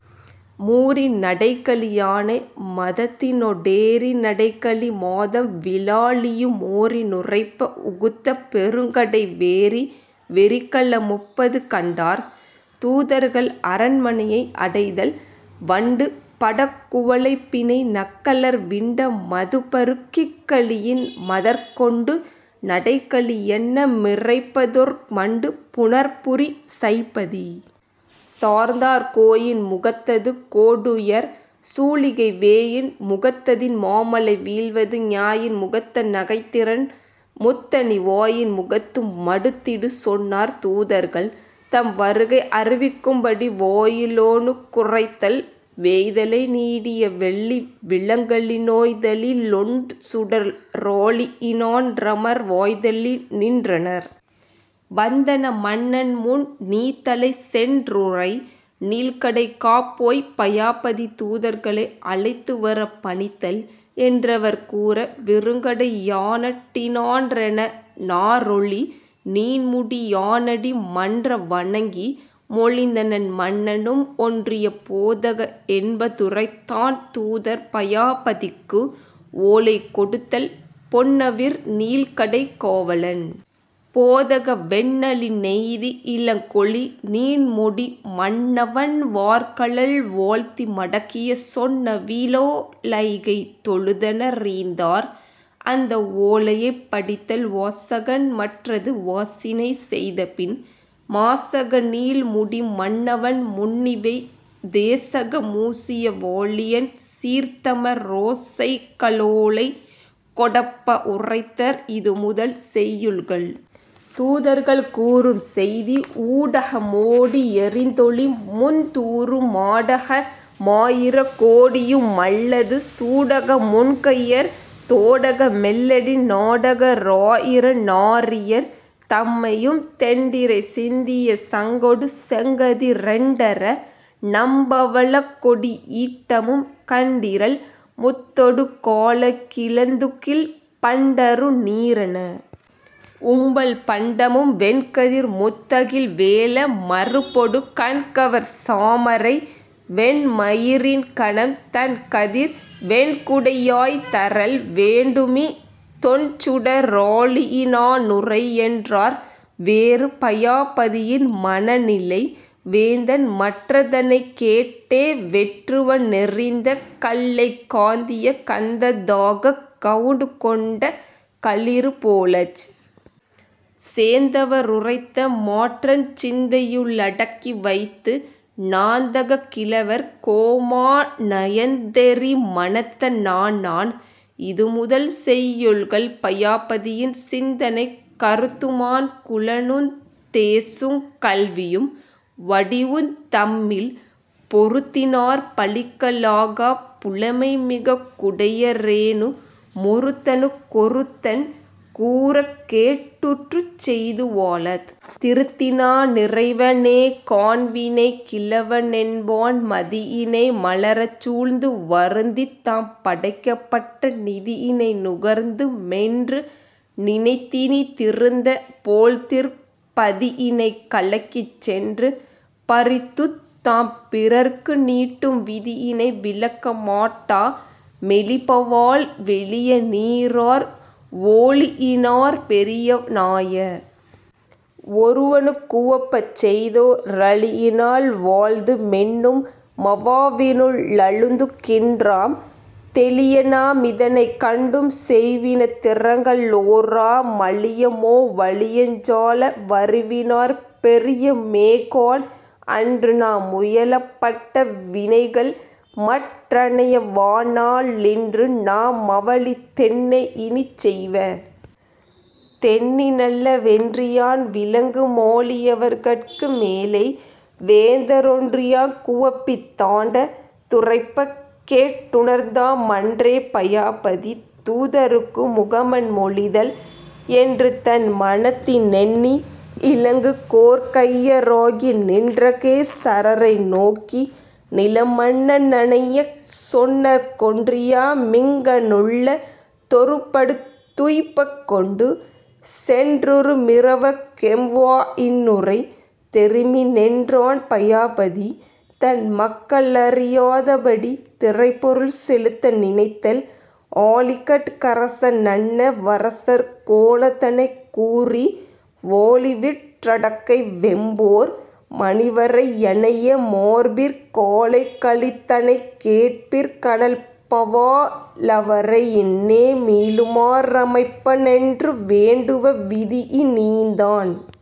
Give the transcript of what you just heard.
மூரிநடைக்களி யானை மதத்தினொ டேரி னடைக்கலி மாதம் விலாழியு மோரி நுரைப்ப வுகுத்த பெருங்கடை வேரி வெறிக்கள மொப்பது கண்டார் தூதர்கள் அரண்மனையை அடைதல் வண்டு படக்குவ ளைப்பிணை நக்கலர் விண்ட மதுப்பரு கிக்களி யின்மதர் கொண்டு நடைக்களி யன்ன மிரைப்பதொர் மண்டு புனற்புரி சைப்பதி சார்ந்தார் கோயின் முகத்தது கோடுயர் சூளிகை வேயின் முகத்ததின் மாமழை வீழ்வது ஞாயின் முகத்த நகைத்திரண் முத்தணி வாயின் முகத்து மடுத்திது சொன்னார் தூதர்கள் தம் வருகை அறிவிக்கும்படி வாயிலோனுக் குரைத்தல் வேய்தலை நீடிய வெள்ளி விலங்கலி னோய்தலி லொண்சுட ராழியி னான்றமர் வாய்தலி னின்றனர் வந்தென மன்னன்முன் நீதலை சென்றுரை நீள்கடை காப்போய் பயாபதி தூதர்களை அழைத்துவரப் பணித்தல் என்றவர் கூற விருங்கடை யானடி னான்றென நாறொளி நீண்முடி யானடி மன்ற வணங்கி மொழிந்தனன் மன்னனும் ஒன்றிய போதக என்ப துரைத்தான் தூதர் பயாபதிக்கு ஓலை கொடுத்தல் பொன்னவிர் நீள்கடை காவலன் போதக வென்னலி னெய்தி யிலங்கொளி நீண்முடி மன்னவன் வார்கழல் வாழ்த்திமடக்கிய சொன்னவி லோலைகை தொழுதன ரீந்தார் அந்த ஓலையைப் படித்தல் வாசகன் மற்றது வாசினை செய்தபின் மாசக னீள்முடி மன்னவன் முன்னிவை தேசக மூசிய வாழியன் சீர்த்தம ரோசைக ளோலை கொடொப்ப வுரைத்தர் இதுமுதல் செய்யுள்கள் தூதர்கள் கூறும் செய்தி ஊடக மோடி யெரிந்தொளி முந்தூறு மாடக மாயிர கோடியு மல்லது சூடக முன்கையர் தோடக மெல்லடி நாடக ராயிர நாரியர் தம்மையும் தெண்டிரை சிந்திய சங்கொடு செங்கதி ரெண்டர னம்பவ ழக்கொடி யீட்டமும் கண்டிரள் முத்தொடு காழகி லந்துகில் பண்டரு நீரன வும்பல் பண்டமும் வெண்கதிர் முத்தகில் வேழ மருப்பொடு கண்கவர் சாமரை வெண்மயி ரின்கணம் தண்கதிர் வெண்குடை யாய்தரல் வேண்டுமி தொண்சுட ராழியி னானுரை யென்றார் வேறு பயாபதியின் மனநிலை வேந்தன்மற் றதனைக் கேட்டே வெற்றுவ னெறிந்த கல்லைக் காந்திய கந்த தாகக் கவுட்கொண்ட களிரு போலச் சேந்தவ ருரைத்த மாற்றஞ் சிந்தையு ளடக்கி வைத்து நாந்தகக் கிழவர் கோமா னயந்தெரி மனத்த னானான் இதுமுதல் செய்யுள்கள் பயாபதியின் சிந்தனை கருத்துமாண் குலனுந் தேசுங் கல்வியும் வடிவுந் தம்மில் பொருத்தினாற் பழிக்க லாகாப் புலைமைமிக் குடைய ரேனு மொருத்தனுக் கொருத்தன் கூறக்கேட்டுற்றுச் செய்து வாழத் திருத்தினா னிறைவ னேகாண் செய்வினைக் கிழவ னென்பான் மதியினை மலரச் சூழ்ந்து வருந்தித்தாம் படைக்கப் பட்ட நிதியினை நுகர்ந்து மென்று நினைத்தினி திருந்த போழ்திற் பதியினைக் கலக்கிச் சென்று பறித்துத்தாம் பிறர்க்கு நீட்டும் விதியினை விலக்க மாட்டா மெலிபவால் வெளிய நீரார் ஓளியினாற் பெரிய னாய வொருவனுக் குவப்பச் செய்தோ ரளியினால் வாழ்து மென்னும் மவாவினு ளழுந்து கின்றாம் தெளியநா மிதனைக் கண்டும் செய்வினைத் திறங்க ளோரா மளிய மோ வளியஞ் சால வறிவினாற் பெரிய மேகாண் அன்றுநா முயலப் பட்ட வினைகள்மற் றனைய வானா லின்று நா மவலித் தென்னை யினிச்செய்வ தெண்ணி னல்ல வென்றியான் விளங்கு மாழி யவர்கட்கு மேலை வேந்த ரொன்றியாங் குவப்பித் தாண்ட துரைப்பக்கேட் டுணர்ந்தா மன்றே பயாபதி தூதர்க்கு முகமன் மொழிதல் என்றுதன் மனத்தி னெண்ணி யிலங்குகோற் கைய ராகி நின்றகே சரரை நோக்கி நிலமன்ன னனைய சொன்னர்க் கொன்றியா மிங்க ணுள்ள தொருப்படுத் துய்ப்பக் கொண்டு சென்றுறு மிறவர்க் கெம்வா யின்னுரை தெரிமி னென்றான் பயாபதி தன் மக்களறியாதபடி திறைப்பொருள் செலுத்த நினைத்தல் ஆளிகட் கரச னன்ன வரசர்கோ னதனைக் கூறி வாளிவிற் றடக்கை வெம்போர் மணிவரை யனைய மார்பிற் காளைக ளிதனைக் கேட்பிற் கனல்பவா லவரை யின்னே மீளுமா றமைப்ப னென்று வேண்டுவ விதியி னீந்தான்.